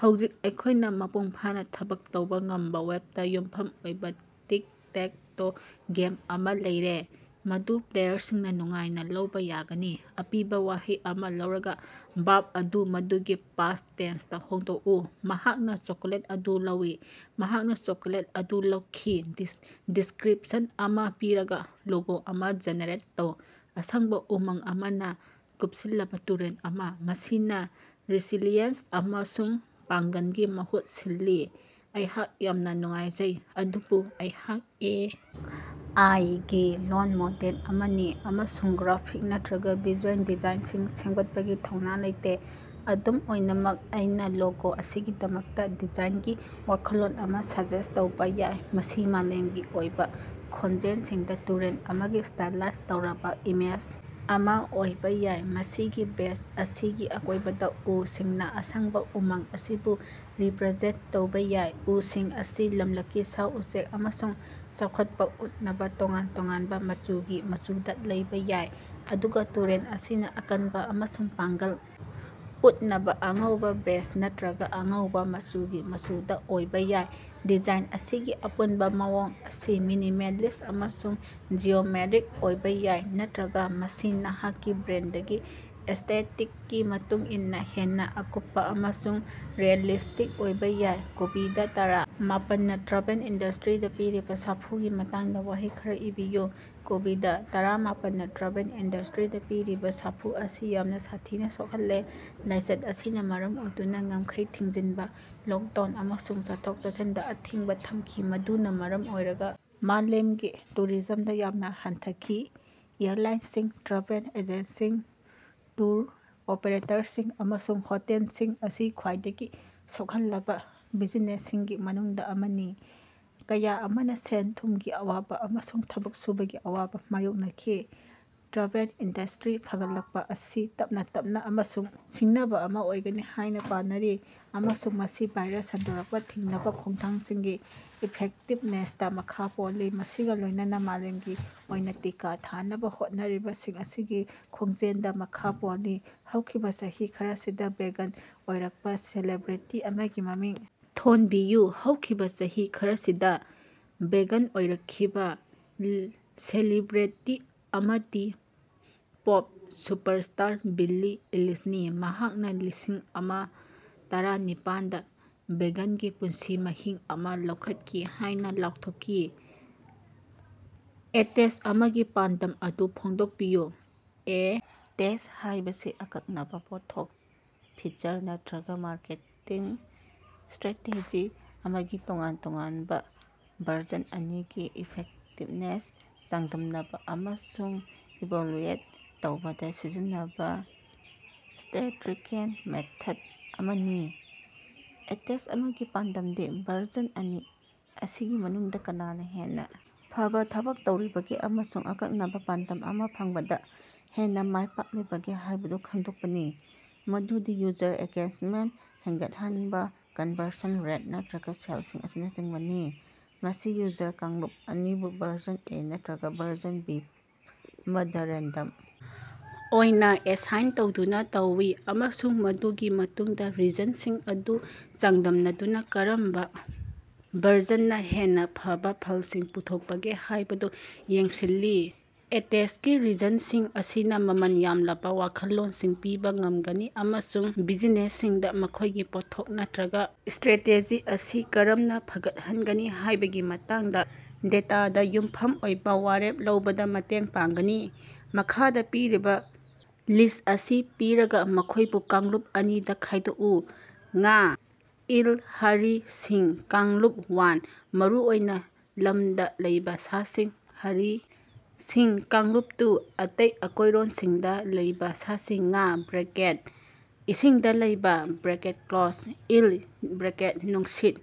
ꯍꯧꯖꯤꯛ ꯑꯩꯈꯣꯏꯅ ꯃꯄꯨꯡ ꯐꯥꯅꯥ ꯊꯕꯛ ꯇꯧꯕ ꯉꯝꯕ ꯋꯦꯕꯇ ꯌꯨꯝꯐꯝ ꯑꯣꯏꯕꯥ ꯇꯤꯛ-ꯇꯦꯛ-ꯇꯣ ꯒꯦꯝ ꯑꯃ ꯂꯩꯔꯦ, ꯃꯗꯨ ꯄ꯭ꯂꯦꯌꯔꯁꯤꯡꯅ ꯅꯨꯡꯉꯥꯏꯅ ꯂꯧꯕ ꯌꯥꯒꯅꯤ꯫। ꯑꯄꯤꯕ ꯋꯥꯍꯩ ꯑꯃꯥ ꯂꯧꯔꯒꯥ ꯕꯔꯕ ꯑꯗꯨ ꯃꯗꯨꯒꯤ ꯄꯥꯁꯠ ꯇꯦꯟꯁꯇ ꯍꯣꯡꯗꯣꯛꯎ꯫ ꯃꯍꯥꯛꯅ ꯆꯣꯀꯣꯂꯦꯠ ꯑꯗꯨ ꯂꯧꯏ꯫ ꯃꯍꯥꯛꯅ ꯆꯣꯀꯣꯂꯦꯠ ꯑꯗꯨ ꯂꯧꯈꯤ꯫ ꯗꯤꯁ꯭ꯀꯔꯤꯄꯁꯟ ꯑꯃ ꯄꯤꯔꯒꯥ, ꯂꯣꯒꯣ ꯑꯃ ꯖꯦꯅꯦꯔꯦꯠ ꯇꯧ꯫ ꯑꯁꯪꯕꯥ ꯎꯃꯪ ꯑꯃꯅ ꯀꯨꯞꯁꯤꯜꯂꯕ ꯇꯨꯔꯦꯜ ꯑꯃ, ꯃꯁꯤꯅꯥ ꯔꯦꯁꯤꯂꯤꯌꯦꯟꯁ ꯑꯃꯁꯨꯡ ꯄꯥꯡꯒꯜꯒꯤ ꯃꯍꯨꯠ ꯁꯤꯜꯂꯤ꯫ ꯑꯩꯍꯥꯛ ꯌꯥꯝꯅꯥ ꯅꯨꯡꯉꯥꯏꯖꯩ, ꯑꯗꯨꯕꯨ ꯑꯩꯍꯥꯛ ꯑꯦ. ꯑꯥꯏ. ꯒꯤ ꯂꯣꯜ ꯃꯣꯗꯦꯜ ꯑꯃꯅꯤ ꯑꯃꯁꯨꯡ ꯒ꯭ꯔꯥꯐꯤꯛ ꯅꯠꯔꯒꯥ ꯚꯤꯖꯨꯑꯦꯜ ꯗꯤꯖꯥꯏꯅꯁꯤꯡ ꯁꯦꯝꯒꯠꯄꯒꯤ ꯊꯧꯅꯥ ꯂꯩꯇꯦ꯫ ꯑꯗꯨꯝ ꯑꯣꯏꯅꯃꯛ, ꯑꯩꯅꯥ ꯂꯣꯒꯣ ꯑꯁꯤꯒꯤꯗꯃꯛꯇꯥ ꯗꯤꯖꯥꯏꯅꯒꯤ ꯋꯥꯈꯜꯂꯣꯟ ꯑꯃꯥ ꯁꯖꯦꯁꯠ ꯇꯧꯕꯥ ꯌꯥꯏ: ꯃꯁꯤ ꯃꯥꯂꯦꯝꯒꯤ ꯑꯣꯏꯕꯥ ꯈꯣꯟꯖꯦꯜꯁꯤꯡꯗꯥ ꯇꯨꯔꯦꯜ ꯑꯃꯒꯤ ꯁ꯭ꯇꯥꯏꯂꯥꯏꯖ ꯇꯧꯔꯕꯥ ꯏꯃꯦꯖ ꯑꯃꯥ ꯑꯣꯏꯕꯥ ꯌꯥꯏ, ꯃꯁꯤꯒꯤ ꯕꯦꯖ ꯑꯁꯤꯒꯤ ꯑꯀꯣꯏꯕꯗꯥ ꯎꯁꯤꯡꯅꯥ ꯑꯁꯪꯕꯥ ꯎꯃꯪ ꯑꯁꯤꯕꯨ ꯔꯤꯄꯔꯖꯦꯟꯇ ꯇꯧꯕꯥ ꯌꯥꯏ꯫ ꯎꯁꯤꯡ ꯑꯁꯤ ꯂꯝꯂꯛꯀꯤ ꯁꯥ-ꯎꯆꯦꯛ ꯑꯃꯁꯨꯡ ꯆꯥꯎꯈꯠꯄꯥ ꯎꯠꯅꯕꯥ ꯇꯣꯉꯥꯟ ꯇꯣꯉꯥꯟꯕ ꯃꯆꯨꯒꯤ ꯃꯆꯨꯗꯥ ꯂꯩꯕꯥ ꯌꯥꯏ, ꯑꯗꯨꯒꯥ ꯇꯨꯔꯦꯜ ꯑꯁꯤꯅꯥ ꯑꯀꯟꯕꯥ ꯑꯃꯁꯨꯡ ꯄꯥꯡꯒꯜ ꯎꯠꯅꯕꯥ ꯑꯉꯧꯕꯥ, ꯕꯦꯖ ꯅꯠꯇꯔꯒꯥ ꯑꯉꯧꯕꯥ ꯃꯆꯨꯒꯤ ꯃꯆꯨꯗꯥ ꯑꯣꯏꯕꯥ ꯌꯥꯏ꯫ ꯗꯤꯖꯥꯏꯟ ꯑꯁꯤꯒꯤ ꯑꯄꯨꯟꯕ ꯃꯑꯣꯡ ꯑꯁꯤ ꯃꯤꯅꯤꯃꯥꯂꯤꯁꯠ ꯑꯃꯁꯨꯡ ꯖꯤꯑꯣꯃꯦꯠꯔꯤꯛ ꯑꯣꯏꯕꯥ ꯌꯥꯏ, ꯅꯠꯇꯔꯒꯥ ꯃꯁꯤ ꯅꯍꯥꯛꯀꯤ ꯕ꯭ꯔꯥꯟꯗꯒꯤ ꯑꯦꯁꯇꯦꯇꯤꯛꯀꯤ ꯃꯇꯨꯡ ꯏꯟꯅꯥ ꯍꯦꯟꯅꯥ ꯑꯀꯨꯞꯄꯥ ꯑꯃꯁꯨꯡ ꯔꯤꯑꯦꯂꯤꯁꯇꯤꯛ ꯑꯣꯏꯕꯥ ꯌꯥꯏ꯫ ꯀꯣꯕꯤꯗ-ꯇꯔꯥ ꯃꯥꯄꯜꯅꯥ ꯇ꯭ꯔꯦꯚꯦꯜ ꯏꯟꯗꯁꯇꯔꯤꯗꯥ ꯄꯤꯔꯤꯕꯥ ꯁꯥꯐꯨꯒꯤ ꯃꯇꯥꯡꯗꯥ ꯋꯥꯍꯩ ꯈꯔꯥ ꯏꯕꯤꯌꯨ꯫ ꯀꯣꯕꯤꯗ-ꯇꯔꯥ ꯃꯥꯄꯜꯅ ꯇ꯭ꯔꯥꯚꯦꯜ ꯏꯟꯗꯁꯇꯔꯤꯗꯥ ꯄꯤꯔꯤꯕꯥ ꯁꯥꯐꯨ ꯑꯁꯤ ꯌꯥꯝꯅ ꯁꯥꯊꯤꯅ ꯁꯣꯛꯍꯜꯂꯦ꯫ ꯂꯥꯏꯆꯠ ꯑꯁꯤꯅꯥ ꯃꯔꯝ ꯑꯣꯏꯗꯨꯅꯥ ꯉꯝꯈꯩ ꯊꯤꯡꯖꯤꯅꯕꯥ, ꯂꯣꯛꯗꯥꯎꯟ, ꯑꯃꯁꯨꯡ ꯆꯠꯊꯣꯛ-ꯆꯠꯁꯤꯟꯗꯥ ꯑꯊꯤꯡꯕꯥ ꯊꯝꯈꯤ, ꯃꯗꯨꯅꯥ ꯃꯔꯝ ꯑꯣꯏꯔꯒꯥ ꯃꯥꯂꯦꯝꯒꯤ ꯇꯨꯔꯤꯖꯝꯗꯥ ꯌꯥꯝꯅꯥ ꯍꯟꯊꯈꯤ꯫ ꯑꯦꯌꯔꯂꯥꯏꯅꯁꯤꯡ, ꯇ꯭ꯔꯦꯚꯦꯜ ꯑꯦꯖꯦꯟꯁꯤꯁꯤꯡ, ꯇꯨꯔ ꯑꯣꯄꯔꯦꯇꯔꯁꯤꯡ, ꯑꯃꯁꯨꯡ ꯍꯣꯇꯦꯜꯁꯤꯡ ꯑꯁꯤ ꯈ꯭ꯋꯥꯏꯗꯒꯤ ꯁꯣꯛꯍꯜꯂꯕꯥ ꯕꯤꯖꯤꯅꯦꯁꯁꯤꯡꯒꯤ ꯃꯅꯨꯡꯗꯥ ꯑꯃꯅꯤ, ꯀꯌꯥ ꯑꯃꯅꯥ ꯁꯦꯜ-ꯊꯨꯝꯒꯤ ꯑꯋꯥꯕꯥ ꯑꯃꯁꯨꯡ ꯊꯕꯛ ꯁꯨꯕꯒꯤ ꯑꯋꯥꯕꯥ ꯃꯥꯌꯣꯛꯅꯈꯤ꯫ ꯇ꯭ꯔꯦꯚꯦꯜ ꯏꯟꯗꯁꯇꯔꯤ ꯐꯒꯠꯂꯛꯄꯥ ꯑꯁꯤ ꯇꯞꯅꯥ ꯇꯞꯅꯥ ꯑꯃꯁꯨꯡ ꯁꯤꯡꯅꯕꯥ ꯑꯃꯥ ꯑꯣꯏꯒꯅꯤ ꯍꯥꯏꯅꯥ ꯄꯥꯅꯔꯤ ꯑꯃꯁꯨꯡ ꯃꯁꯤ ꯚꯥꯏꯔꯁ ꯁꯟꯗꯣꯔꯛꯄꯥ ꯊꯤꯡꯅꯕꯥ ꯈꯣꯡꯊꯥꯡꯁꯤꯡꯒꯤ ꯏꯐꯦꯛꯇꯤꯕꯅꯦꯁꯇꯥ ꯃꯈꯥ ꯄꯣꯜꯂꯤ, ꯃꯁꯤꯒꯥ ꯂꯣꯏꯅꯅ ꯃꯥꯂꯦꯝꯒꯤ ꯑꯣꯏꯅꯥ ꯇꯤꯀꯥ ꯊꯥꯅꯕꯥ ꯍꯣꯠꯅꯔꯤꯕꯁꯤꯡ ꯑꯁꯤꯒꯤ ꯈꯣꯡꯖꯦꯂꯗꯥ ꯃꯈꯥ ꯄꯣꯜꯂꯤ꯫ ꯍꯧꯈꯤꯕꯥ ꯆꯍꯤ ꯈꯔꯁꯤꯗꯥ ꯚꯦꯒꯥꯟ ꯑꯣꯏꯔꯀꯄꯥ ꯁꯦꯂꯤꯕ꯭ꯔꯦꯇꯤ ꯑꯃꯒꯤ ꯃꯃꯤꯡ ꯊꯣꯟꯕꯤꯌꯨ꯫ ꯍꯧꯈꯤꯕꯥ ꯆꯍꯤ ꯈꯔꯁꯤꯗꯥ ꯚꯦꯒꯥꯟ ꯑꯣꯏꯔꯛꯈꯤꯕꯥ ꯁꯦꯂꯤꯕ꯭ꯔꯦꯇꯤ ꯑꯃꯗꯤ ꯄꯣꯞ ꯁꯨꯄꯔꯁ꯭ꯇꯥꯔ ꯕꯤꯂꯤ ꯏꯂꯤꯁꯅꯤ, ꯃꯍꯥꯛꯅꯥ ꯂꯤꯁꯤꯡ ꯑꯃꯤ ꯇꯔꯑ ꯅꯤꯄꯥꯜꯗꯥ ꯚꯦꯒꯥꯟꯒꯤ ꯄꯨꯟꯁꯤ ꯃꯍꯤꯡ ꯑꯃꯥ ꯂꯧꯈꯠꯈꯤ ꯍꯥꯏꯅꯥ ꯂꯥꯎꯊꯣꯛꯈꯤ꯫ ꯑꯦ ꯇꯦꯁꯠ ꯑꯃꯒꯤ ꯄꯥꯟꯗꯝ ꯑꯗꯨ ꯐꯣꯡꯗꯣꯛꯄꯤꯌꯨ꯫ ꯑꯦ ꯇꯦꯁꯠ ꯍꯥꯏꯕꯁꯤ ꯑꯀꯛꯅꯕꯥ ꯄꯣꯠꯊꯣꯛ, ꯐꯤꯆꯔ ꯅꯠꯇꯔꯒꯥ ꯃꯥꯔꯀꯦꯇꯤꯡ ꯁ꯭ꯇꯔꯦꯇꯦꯖꯤ ꯑꯃꯒꯤ ꯇꯣꯉꯥꯟ ꯇꯣꯉꯥꯟꯕ ꯚꯔꯖꯟ ꯑꯅꯤꯒꯤ ꯏꯐꯦꯛꯇꯤꯕꯅꯦꯁ ꯆꯥꯡꯗꯝꯅꯕꯥ ꯑꯃꯁꯨꯡ ꯏꯚꯥꯂꯨꯑꯦꯠ ꯇꯧꯕꯗꯥ ꯁꯤꯖꯤꯟꯅꯕꯥ ꯁ꯭ꯇꯦꯇꯤꯁ꯭ꯇꯤꯀꯦꯜ ꯃꯦꯊꯗ ꯑꯃꯅꯤ꯫ ꯑꯦ ꯇꯦꯁꯠ ꯑꯃꯒꯤ ꯄꯥꯟꯗꯝꯗꯤ ꯚꯔꯖꯟ ꯑꯅꯤ ꯑꯁꯤꯒꯤ ꯃꯅꯨꯡꯗꯥ ꯀꯅꯥꯅꯥ ꯍꯦꯟꯅꯥ ꯐꯕꯥ ꯊꯕꯛ ꯇꯧꯔꯤꯕꯒꯦ ꯑꯃꯁꯨꯡ ꯑꯀꯛꯅꯕꯥ ꯄꯥꯟꯗꯝ ꯑꯃꯥ ꯐꯪꯕꯗꯥ ꯍꯦꯟꯅꯥ ꯃꯥꯏ ꯄꯥꯛꯂꯤꯕꯒꯦ ꯍꯥꯏꯕꯗꯨ ꯈꯪꯗꯣꯛꯄꯅꯤ, ꯃꯗꯨꯗꯤ ꯌꯨꯖꯔ ꯑꯦꯡꯒꯦꯖꯃꯦꯟꯇ ꯍꯦꯟꯒꯠꯍꯟꯕꯥ, ꯀꯟꯕꯔꯁꯟ ꯔꯦꯠ, ꯅꯠꯇꯔꯒꯥ ꯁꯦꯜꯁꯤꯡ ꯑꯁꯤꯅꯆꯤꯡꯕꯅꯤ꯫ ꯃꯁꯤ ꯌꯨꯖꯔ ꯀꯥꯡꯂꯨꯞ ꯑꯅꯤꯕꯨ ꯚꯔꯖꯟ ꯑꯦ ꯅꯠꯇꯔꯒꯥ ꯚꯔꯖꯟ ꯕꯤ ꯑꯃꯗꯥ ꯔꯦꯟꯗꯝ ꯑꯣꯏꯅꯥ ꯑꯦꯁꯥꯏꯟ ꯇꯧꯗꯨꯅꯥ ꯇꯧꯏ, ꯑꯃꯁꯨꯡ ꯃꯗꯨꯒꯤ ꯃꯇꯨꯡꯗꯥ ꯔꯤꯖꯜꯇꯁꯤꯡ ꯑꯗꯨ ꯆꯥꯡꯗꯝꯅꯗꯨꯅꯥ ꯀꯔꯝꯕꯥ ꯚꯔꯖꯅꯅꯥ ꯍꯦꯟꯅꯥ ꯐꯕꯥ ꯐꯜꯁꯤꯡ ꯄꯨꯊꯣꯛꯄꯒꯦ ꯍꯥꯏꯕꯗꯨ ꯌꯦꯡꯁꯤꯜꯂꯤ꯫ ꯑꯦ ꯇꯦꯁꯇꯀꯤ ꯔꯤꯖꯜꯇꯁꯤꯡ ꯑꯁꯤꯅꯥ ꯃꯃꯜ ꯌꯥꯝꯂꯕꯥ ꯋꯥꯈꯜꯂꯣꯟꯁꯤꯡ ꯄꯤꯕꯥ ꯉꯝꯒꯅꯤ ꯑꯃꯁꯨꯡ ꯕꯤꯖꯤꯅꯦꯁꯁꯤꯡꯗꯥ ꯃꯈꯣꯏꯒꯤ ꯄꯣꯠꯊꯣꯛ ꯅꯠꯇꯔꯒꯥ ꯁ꯭ꯇꯔꯦꯇꯦꯖꯤ ꯑꯁꯤ ꯀꯔꯝꯅꯥ ꯐꯒꯠꯍꯟꯒꯅꯤ ꯍꯥꯏꯕꯒꯤ ꯃꯇꯥꯡꯗꯥ ꯗꯦꯇꯥꯗꯥ ꯌꯨꯝꯐꯝ ꯑꯣꯏꯕꯥ ꯋꯥꯔꯦꯞ ꯂꯧꯕꯗꯥ ꯃꯇꯦꯡ ꯄꯥꯡꯒꯅꯤ꯫ ꯃꯈꯥꯗꯥ ꯄꯤꯔꯤꯕꯥ ꯂꯤꯁꯠ ꯑꯁꯤ ꯄꯤꯔꯒꯥ, ꯃꯈꯣꯏꯕꯨ ꯀꯥꯡꯂꯨꯞ ꯑꯅꯤꯗꯥ ꯈꯥꯏꯗꯣꯛꯎ꯫ ꯉꯥ, ꯏꯒꯜ, ꯍꯔꯤ, ꯁꯤꯡꯍ꯫ ꯀꯥꯡꯂꯨꯞ ꯋꯥꯟ: ꯃꯔꯨꯑꯣꯏꯅꯥ ꯂꯝꯗꯥ ꯂꯩꯕꯥ ꯁꯥꯁꯤꯡ: ꯍꯔꯤ ꯁꯤꯡꯍ ꯀꯥꯡꯂꯨꯞ ꯇꯨ: ꯑꯇꯩ ꯑꯀꯣꯏꯔꯣꯟꯁꯤꯡꯗꯥ ꯂꯩꯕꯥ ꯁꯥꯁꯤꯡ: ꯉꯥ (ꯏꯁꯤꯡꯗꯥ ꯂꯩꯕꯥ) ꯏꯒꯜ (ꯅꯨꯡꯁꯤꯠ)꯫